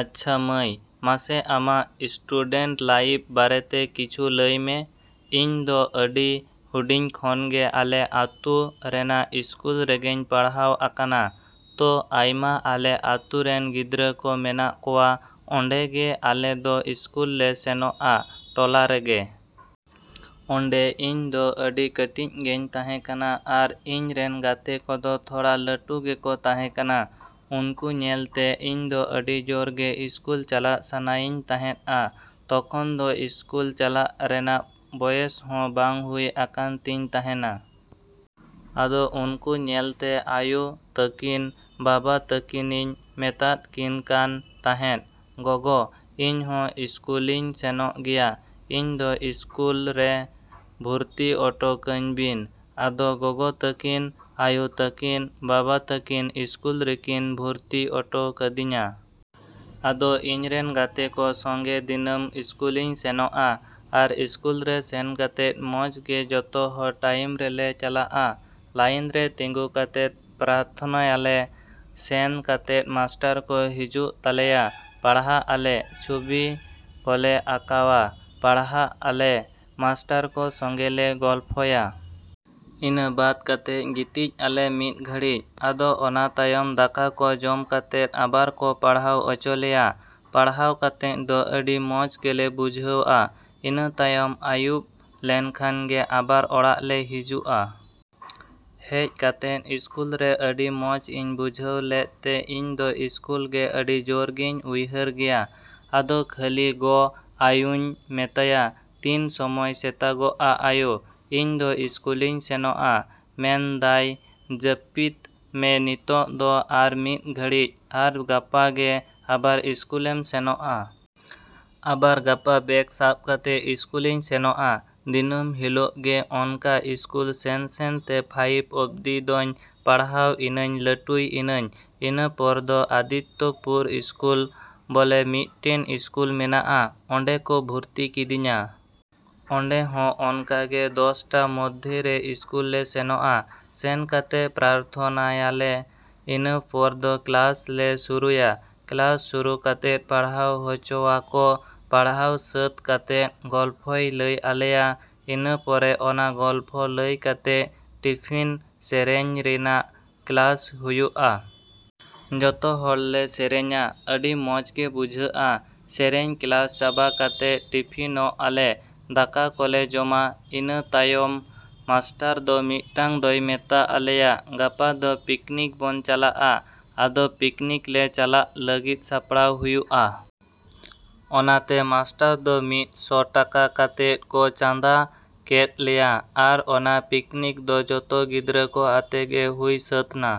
‎ᱟᱪᱪᱷᱟ ᱢᱟᱹᱭ, ᱢᱟᱥᱮ ᱟᱢᱟᱜ ᱥᱴᱩᱰᱮᱱᱴ ᱞᱟᱭᱤᱯ ᱵᱟᱨᱮᱛᱮ ᱠᱤᱪᱷᱩ ᱞᱟᱹᱭ ᱢᱮ᱾ ᱤᱧ ᱫᱚ ᱟᱹᱰᱤ ᱦᱩᱰᱤᱧ ᱠᱷᱚᱱ ᱜᱮ ᱟᱞᱮ ᱟᱛᱳ ᱨᱮᱱᱟᱜ ᱤᱥᱠᱩᱞ ᱨᱮᱜᱮᱧ ᱯᱟᱲᱦᱟᱣ ᱟᱠᱟᱱᱟ᱾ ᱛᱚ ᱟᱭᱢᱟ ᱟᱞᱮ ᱟᱛᱳᱨᱮᱱ ᱜᱤᱫᱽᱨᱟᱹ ᱠᱚ ᱢᱮᱱᱟᱜ ᱠᱚᱣᱟ ᱚᱸᱰᱮ ᱜᱮ ᱟᱞᱮ ᱫᱚ ᱤᱥᱠᱩᱞ ᱞᱮ ᱥᱮᱱᱚᱜᱼᱟ ᱴᱚᱞᱟ ᱨᱮᱜᱮ᱾ ᱚᱸᱰᱮ ᱤᱧ ᱫᱚ ᱟᱹᱰᱤ ᱠᱟᱴᱤᱡ ᱜᱮᱧ ᱛᱟᱦᱮᱸ ᱠᱟᱱᱟ ᱟᱨ ᱤᱧ ᱨᱮᱱ ᱜᱟᱛᱮ ᱠᱚᱫᱚ ᱛᱷᱚᱲᱟ ᱞᱟᱹᱴᱩ ᱜᱮᱠᱚ ᱛᱟᱦᱮᱸ ᱠᱟᱱᱟ᱾ ᱩᱱᱠᱩ ᱧᱮᱞ ᱛᱮ ᱤᱧ ᱫᱚ ᱟᱹᱰᱤ ᱡᱳᱨ ᱜᱮ ᱤᱥᱠᱩᱞ ᱪᱟᱞᱟᱜ ᱥᱟᱱᱟᱭᱤᱧ ᱛᱟᱦᱮᱸᱫᱼᱟ᱾ ᱛᱚᱠᱷᱚᱱ ᱫᱚ ᱥᱠᱩᱞ ᱪᱟᱞᱟᱜ ᱨᱮᱱᱟᱜ ᱵᱚᱭᱮᱥ ᱦᱚᱸ ᱵᱟᱝ ᱦᱩᱭ ᱟᱠᱟᱱ ᱛᱤᱧ ᱛᱟᱦᱮᱸᱱᱟ᱾ ᱟᱫᱚ ᱩᱱᱠᱩ ᱧᱮᱞ ᱛᱮ ᱟᱭᱳ ᱛᱟᱹᱠᱤᱱ, ᱵᱟᱵᱟ ᱛᱟᱹᱠᱤᱱᱤᱧ ᱢᱮᱛᱟᱫ ᱠᱤᱱᱠᱟᱱ ᱛᱟᱦᱮᱸᱱ, "ᱜᱚᱜᱚ, ᱤᱧ ᱦᱚᱸ ᱥᱠᱩᱞᱤᱧ ᱥᱮᱱᱚᱜ ᱜᱮᱭᱟ, ᱤᱧ ᱫᱚ ᱥᱠᱩᱞ ᱨᱮ ᱵᱷᱩᱨᱛᱤ ᱚᱴᱚ ᱠᱟᱹᱧ ᱵᱤᱱ ᱾" ᱟᱫᱚ ᱜᱚᱜᱚ ᱛᱟᱹᱠᱤᱱ, ᱟᱭᱳ ᱛᱟᱹᱠᱤᱱ, ᱵᱟᱵᱟ ᱛᱟᱹᱠᱤᱱ ᱥᱠᱩᱞ ᱨᱮᱠᱤᱱ ᱵᱷᱚᱨᱛᱤ ᱚᱴᱚ ᱠᱟᱹᱫᱤᱧᱟ᱾ ᱟᱫᱚ ᱤᱧ ᱨᱮᱱ ᱜᱟᱛᱮ ᱠᱚ ᱥᱚᱸᱜᱮ ᱫᱤᱱᱟᱹᱢ ᱥᱠᱩᱞᱤᱧ ᱥᱮᱱᱚᱜᱼᱟ᱾ ᱟᱨ ᱥᱠᱩᱞ ᱨᱮ ᱥᱮᱱ ᱠᱟᱛᱮᱫ ᱢᱚᱸᱡᱽ ᱜᱮ ᱡᱚᱛᱚ ᱦᱚᱲ ᱴᱟᱭᱤᱢ ᱨᱮᱞᱮ ᱪᱟᱞᱟᱜᱼᱟ᱾ ᱞᱟᱹᱭᱤᱱ ᱨᱮ ᱛᱤᱸᱜᱩ ᱠᱟᱛᱮᱫ ᱯᱨᱟᱨᱛᱷᱚᱱᱟᱭᱟᱞᱮ, ᱥᱮᱱ ᱠᱟᱛᱮᱫ ᱢᱟᱥᱴᱟᱨ ᱠᱚ ᱦᱤᱡᱩᱜ ᱛᱟᱞᱮᱭᱟ᱾ ᱯᱟᱲᱦᱟᱜ ᱟᱞᱮ, ᱪᱷᱚᱵᱤ ᱠᱚᱞᱮ ᱟᱸᱠᱟᱣᱟ, ᱯᱟᱲᱦᱟᱜ ᱟᱞᱮ, ᱢᱟᱥᱴᱟᱨ ᱠᱚ ᱥᱚᱸᱜᱮ ᱞᱮ ᱜᱚᱞᱯᱷᱚᱭᱟ᱾ ᱤᱱᱟᱹ ᱵᱟᱫᱽ ᱠᱟᱛᱮᱫ ᱜᱤᱛᱤᱡ ᱟᱞᱮ ᱢᱤᱫ ᱜᱷᱟᱹᱲᱤᱡ᱾ ᱟᱫᱚ ᱚᱱᱟ ᱛᱟᱭᱚᱢ ᱫᱟᱠᱟ ᱠᱚ ᱡᱚᱢ ᱠᱟᱛᱮᱫ ᱟᱵᱟᱨ ᱠᱚ ᱯᱟᱲᱦᱟᱣ ᱚᱪᱚ ᱞᱮᱭᱟ᱾ ᱯᱟᱲᱦᱟᱣ ᱠᱟᱛᱮᱫ ᱫᱚ ᱟᱹᱰᱤ ᱢᱚᱸᱡᱽ ᱜᱮᱞᱮ ᱵᱩᱡᱷᱟᱹᱣᱼᱟ᱾ ᱤᱱᱟᱹ ᱛᱟᱭᱚᱢ ᱟᱭᱩᱵ ᱞᱮᱱ ᱠᱷᱟᱱ ᱜᱮ ᱟᱵᱟᱨ ᱚᱲᱟᱜ ᱞᱮ ᱦᱤᱡᱩᱜᱼᱟ᱾ ᱦᱮᱡ ᱠᱟᱛᱮᱫ ᱥᱠᱩᱞ ᱨᱮ ᱟᱹᱰᱤ ᱢᱚᱸᱡᱽ ᱤᱧ ᱵᱩᱡᱷᱟᱹᱣ ᱞᱮᱫ ᱛᱮ ᱤᱧ ᱫᱚ ᱥᱠᱩᱞ ᱜᱮ ᱟᱹᱰᱤ ᱡᱳᱨ ᱜᱮᱧ ᱩᱭᱦᱟᱹᱨ ᱜᱮᱭᱟ᱾ ᱟᱫᱚ ᱠᱷᱟᱹᱞᱤ ᱜᱚ, ᱟᱭᱳᱧ ᱢᱮᱛᱟᱭᱟ, "ᱛᱤᱱ ᱥᱚᱢᱚᱭ ᱥᱮᱛᱟᱜᱚᱜᱼᱟ ᱟᱭᱳ? ᱤᱧ ᱫᱚ ᱥᱠᱩᱞᱤᱧ ᱥᱮᱱᱚᱜᱼᱟ᱾" ᱢᱮᱱ ᱫᱟᱭ, "ᱡᱟᱯᱤᱛ ᱢᱮ ᱱᱤᱛᱚᱜ ᱫᱚ ᱟᱨ ᱢᱤᱫ ᱜᱷᱟᱹᱲᱤᱡ, ᱟᱨ ᱜᱟᱯᱟ ᱜᱮ ᱟᱵᱟᱨ ᱥᱠᱩᱞᱮᱢ ᱥᱮᱱᱚᱜᱼᱟ᱾" ᱟᱵᱟᱨ ᱜᱟᱯᱟ ᱵᱮᱜᱽ ᱥᱟᱵ ᱠᱟᱛᱮᱫ ᱥᱠᱩᱞᱤᱧ ᱥᱮᱱᱚᱜᱼᱟ᱾ ᱫᱤᱱᱟᱹᱢ ᱦᱤᱞᱳᱜ ᱜᱮ ᱚᱱᱠᱟ ᱥᱠᱩᱞ ᱥᱮᱱᱼᱥᱮᱱ ᱛᱮ ᱯᱷᱟᱭᱤᱵ ᱚᱵᱽᱫᱤ ᱫᱚᱧ ᱯᱟᱲᱦᱟᱣ ᱤᱱᱟᱹᱧ ᱞᱟᱹᱴᱩᱭ ᱤᱱᱟᱹᱧ᱾ ᱤᱱᱟᱹ ᱯᱚᱨ ᱫᱚ ᱟᱫᱤᱛᱛᱚᱯᱩᱨ ᱥᱠᱩᱞ ᱵᱚᱞᱮ ᱢᱤᱫᱴᱮᱱ ᱤᱥᱠᱩᱞ ᱢᱮᱱᱟᱜᱼᱟ᱾ ᱚᱸᱰᱮ ᱠᱚ ᱵᱷᱚᱨᱛᱤ ᱠᱤᱫᱤᱧᱟ᱾ ᱚᱸᱰᱮ ᱦᱚᱸ ᱚᱱᱠᱟ ᱜᱮ ᱫᱚᱥᱴᱟ ᱢᱚᱫᱽᱫᱷᱮ ᱨᱮ ᱥᱠᱩᱞ ᱞᱮ ᱥᱮᱱᱚᱜᱼᱟ᱾ ᱥᱮᱱ ᱠᱟᱛᱮᱫ ᱯᱨᱟᱨᱛᱷᱚᱱᱟᱭᱟᱞᱮ᱾ ᱤᱱᱟᱹᱯᱚᱨ ᱫᱚ ᱠᱮᱞᱟᱥ ᱞᱮ ᱥᱩᱨᱩᱭᱟ᱾ ᱠᱮᱞᱟᱥ ᱥᱩᱨᱩ ᱠᱟᱛᱮᱫ ᱯᱟᱲᱦᱟᱣ ᱦᱚᱪᱚᱣᱟᱠᱚ᱾ ᱯᱟᱲᱦᱟᱣ ᱥᱟᱹᱛ ᱠᱟᱛᱮᱫ ᱜᱚᱞᱯᱷᱚᱭ ᱞᱟᱹᱭ ᱟᱞᱮᱭᱟ᱾ ᱤᱱᱟᱹ ᱯᱚᱨᱮ ᱚᱱᱟ ᱜᱚᱞᱯᱷᱚ ᱞᱟᱹᱭ ᱠᱟᱛᱮᱫ ᱴᱤᱯᱷᱤᱱ ᱥᱮᱨᱮᱧ ᱨᱮᱱᱟᱜ ᱠᱮᱞᱟᱥ ᱦᱩᱭᱩᱜᱼᱟ᱾ ᱡᱚᱛᱚ ᱦᱚᱲ ᱞᱮ ᱥᱮᱨᱮᱧᱟ᱾ ᱟᱹᱰᱤ ᱢᱚᱸᱡᱽ ᱜᱮ ᱵᱩᱡᱷᱟᱹᱜᱼᱟ᱾ ᱥᱮᱨᱮᱧ ᱠᱮᱞᱟᱥ ᱪᱟᱵᱟ ᱠᱟᱛᱮᱫ ᱴᱤᱯᱷᱤᱱᱚᱜ ᱟᱞᱮ᱾ ᱫᱟᱠᱟ ᱠᱚᱞᱮ ᱡᱚᱢᱟ᱾ ᱤᱱᱟ ᱛᱟᱭᱚᱢ ᱢᱟᱥᱴᱟᱨ ᱫᱚ ᱢᱤᱫᱴᱟᱝ ᱫᱚᱭ ᱢᱮᱛᱟ ᱟᱞᱮᱭᱟ, "ᱜᱟᱯᱟ ᱫᱚ ᱯᱤᱠᱱᱤᱠ ᱵᱚᱱ ᱪᱟᱞᱟᱜᱼᱟ᱾" ᱟᱫᱚ ᱯᱤᱠᱱᱤᱠ ᱞᱮ ᱪᱟᱞᱟᱜ ᱞᱟᱹᱜᱤᱫ ᱥᱟᱯᱲᱟᱣ ᱦᱩᱭᱩᱜᱼᱟ᱾ ᱚᱱᱟᱛᱮ ᱢᱟᱥᱴᱟᱨ ᱫᱚ ᱢᱤᱫ ᱥᱚ ᱴᱟᱠᱟ ᱠᱟᱛᱮᱫ ᱠᱚ ᱪᱟᱸᱫᱟ ᱠᱮᱫ ᱞᱮᱭᱟ᱾ ᱟᱨ ᱚᱱᱟ ᱯᱤᱠᱱᱤᱠ ᱫᱚ ᱡᱚᱛᱚ ᱜᱤᱫᱽᱨᱟᱹ ᱠᱚ ᱟᱛᱮ ᱜᱮ ᱦᱩᱭ ᱥᱟ.ᱛ ᱱᱟ᱾